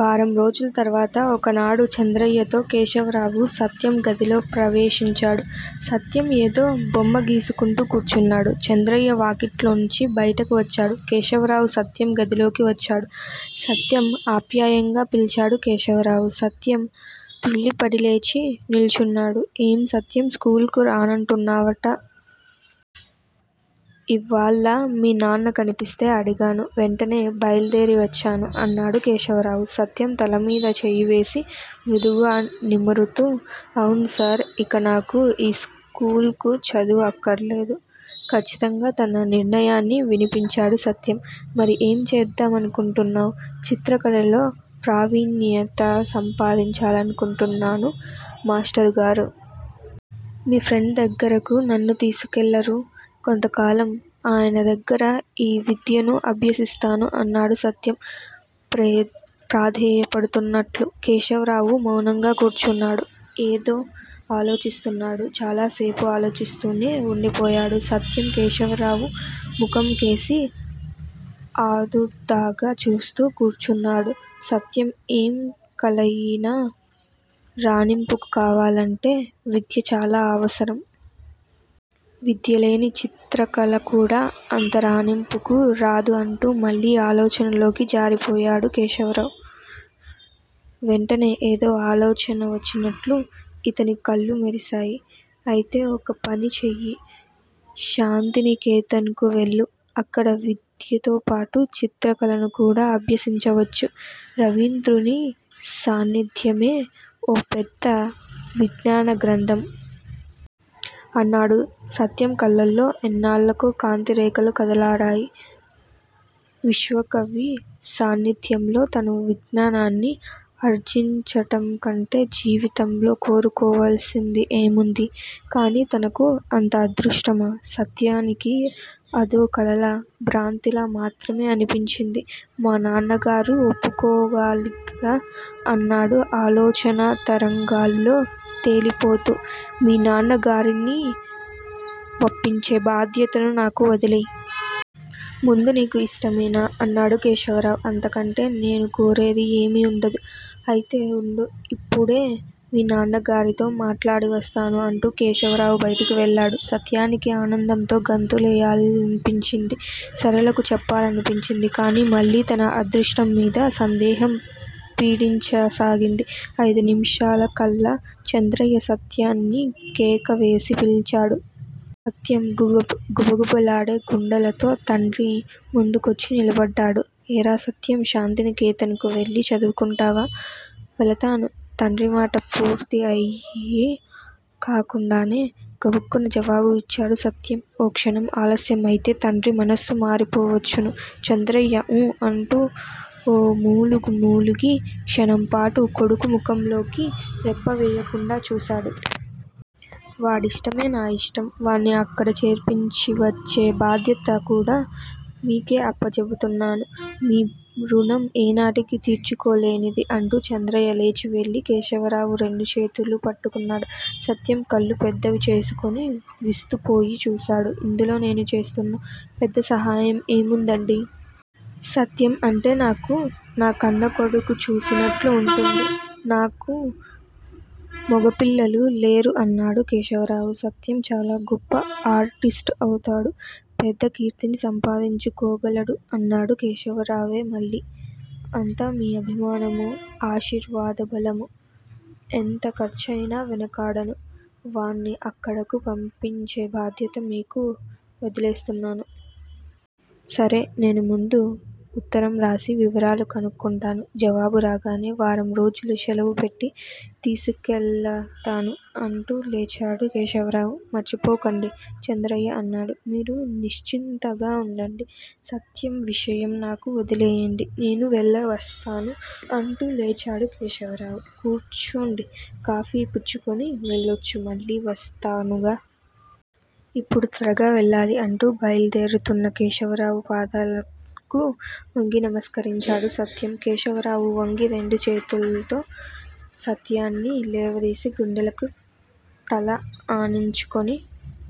వారం రోజుల తర్వాత ఒకనాడు చంద్రయ్యతో కేశవరావు, సత్యం గదిలో ప్రవేశించాడు. సత్యం ఏదో బొమ్మ గీసుకుంటూ కూర్చున్నాడు. చంద్రయ్య వాకిట్లోనుంచి బయటకు వచ్చాడు. కేశవరావు సత్యం గదిలోకి వచ్చాడు. సత్యం! ఆప్యాయంగా పిల్చాడు కేశవరావు. సత్యం తృళ్ళిపడి లేచి నిల్చున్నాడు. ఏం సత్యం! స్కూలుకి రానంటున్నావట? ఇవ్వాళ్ళ మీ నాన్న కనిపిస్తే అడిగాను. వెంటనే బయలుదేరి వచ్చాను అన్నాడు కేశవరావు, సత్యం తలమీద చెయ్యివేసి మృదువుగా నిమురుతూ. అవును సార్! ఇక నాకు ఈ స్కూలుకు చదువు అక్కర్లేదు. ఖచ్చితంగా తన నిర్ణయాన్ని వినిపించాడు సత్యం. మరి ఏం చేద్దామనుకుంటున్నావు? చిత్రకళలో ప్రావీణ్యత సంపాదించాలనుకుంటున్నాను మాష్టరుగారూ! మీ ఫ్రండ్ దగ్గరకు నన్ను తీసుకెళ్ళరూ! కొంతకాలం ఆయనదగ్గర ఈ విద్యనూ అభ్యసిస్తాను అన్నాడు సత్యం ప్రాధేయపడుతున్నట్లు. కేశవరావు మౌనంగా కూర్చున్నాడు. ఏదో ఆలోచిస్తున్నాడు. చాలాసేపు ఆలోచిస్తూనే వుండిపోయాడు. సత్యం కేశవరావు ముఖంకేసి ఆదుర్దాగా చూస్తూ కూర్చున్నాడు. సత్యం! ఏం కళయినా రాణింపుకు కావాలంటే విద్య చాలా అవసరం! విద్యలేని చిత్రకళకూడా అంత రాణింపుకు రాదు అంటూ మళ్ళీ ఆలోచనలోకి జారిపోయాడు కేశవరావు. వెంటనే ఏదో ఆలోచన వచ్చినట్లు ఇతని కళ్ళు మెరిశాయి. అయితే ఒక పని చెయ్యి. శాంతినికేతన్ కు వెళ్ళు. అక్కడ విద్యతోపాటు చిత్రకళనుకూడా అభ్యసించవచ్చు. రవీంద్రుని సాన్నిధ్యమే ఓ పెద్ద విజ్ఞానగ్రంథం! అన్నాడు. సత్యం కళ్ళలో ఎన్నాళ్ళకో కాంతి రేఖలు కదలాడాయి. విశ్వకవి సాన్నిధ్యంలో తను విజ్ఞానాన్ని ఆర్జించటంకంటే జీవితంలో కోరుకోవలసింది ఏముంది? కాని తనకు అంత అదృష్టమా? సత్యానికి అదో కలలా, భ్రాంతిలా మాత్రమే అనిపించింది. మా నాన్నగారు ఒప్పుకోవాలిగా? అన్నాడు ఆలోచనా తరంగాల్లో తేలిపోతూ. మీ నాన్నగారిని వప్పించే బాధ్యతను నాకు వదిలేయ్! ముందు నీకు ఇష్టమేనా? అన్నాడు కేశవరావు. అంతకంటే నేనుకోరేది ఏమీ వుండదు. అయితే వుండు ఇప్పుడే మీ నాన్నగారితో మాట్లాడివస్తాను అంటూ కేశవరావు బయటకు వెళ్ళాడు. సత్యానికి ఆనందంతో గంతులేయాలనిపించింది. సరళకు చెప్పాలనిపించింది; కాని మళ్ళీ తన అదృష్టంమీద సందేహం పీడించసాగింది. ఐదు నిముషాలకల్లా చంద్రయ్య సత్యాన్ని కేకవేసి పిల్చాడు. సత్యం గుబగుబలాడే గుండెలతో తండ్రి ముందుకొచ్చి నిలబడ్డాడు. ఏరా సత్యం! శాంతినికేతన్ కు వెళ్ళి చదువుకుంటావా? వెళతాను! తండ్రిమాట పూర్తి అయీ కాకుండానే గబుక్కున జవాబు ఇచ్చాడు సత్యం. ఓ క్షణం ఆలస్యం అయితే తండ్రి మనస్సు మారిపోవచ్చును! చంద్రయ్య 'ఊఁ' అంటూ ఓ మూలుగు మూలిగి క్షణంపాటు కొడుకు ముఖంలోకి రెప్పవెయ్యకుండా చూశాడు. వాడి ఇష్టమే నా ఇష్టం! వాణ్ణి అక్కడ చేర్పించివచ్చే బాధ్యత కూడా మీకే అప్పజెపుతున్నాను. మీ ఋణం ఏనాటికీ తీర్చుకోలేనిది! అంటూ చంద్రయ్య లేచి వెళ్ళి కేశవరావు రెండుచేతులూ పట్టుకున్నాడు. సత్యం కళ్ళు పెద్దవి చేసుకొని విస్తుపోయి చూశాడు. ఇందులో నేను చేస్తున్న పెద్దసహాయం ఏముందండీ? సత్యం అంటే నాకు నా కన్న కొడుకును చూసినట్లు ఉంటుంది. నాకు మొగపిల్లలు లేరు అన్నాడు కేశవరావు. సత్యం చాలా గొప్ప ఆర్టిస్టు అవుతాడు. పెద్ద కీర్తిని సంపాదించుకోగలడు అన్నాడు కేశవరావే మళ్ళీ. అంతా మీ అభిమానమూ, ఆశీర్వాద బలమూ! ఎంత ఖర్చయినా వెనకాడను. వాణ్ణి అక్కడకు పంపించే బాధ్యత మీకు వదిలేస్తున్నాను. సరే! నేను ముందు ఉత్తరంరాసి వివరాలు కనుక్కుంటాను. జవాబు రాగానే వారంరోజులు శెలవుపెట్టి తీసుకెళతాను అంటూ లేచాడు కేశవరావు. మర్చిపోకండి! చంద్రయ్య అన్నాడు. మీరు నిశ్చింతగా ఉండండి. సత్యం విషయం నాకు వదిలేయండి. నేను వెళ్ళివస్తాను అంటూ లేచాడు కేశవరావు. కూర్చోండి! కాఫీ పుచ్చుకొని వెళ్లొచ్చు మళ్ళీ వస్తానుగా! ఇప్పుడు త్వరగా వెళ్ళాలి అంటూ బయలుదేరుతున్న కేశవరావు పాదాలకు వొంగి నమస్కరించాడు సత్యం. కేశవరావు వంగి రెండు చేతుల్తో సత్యాన్ని లేవదీసి గుండెలకు తల ఆనించుకొని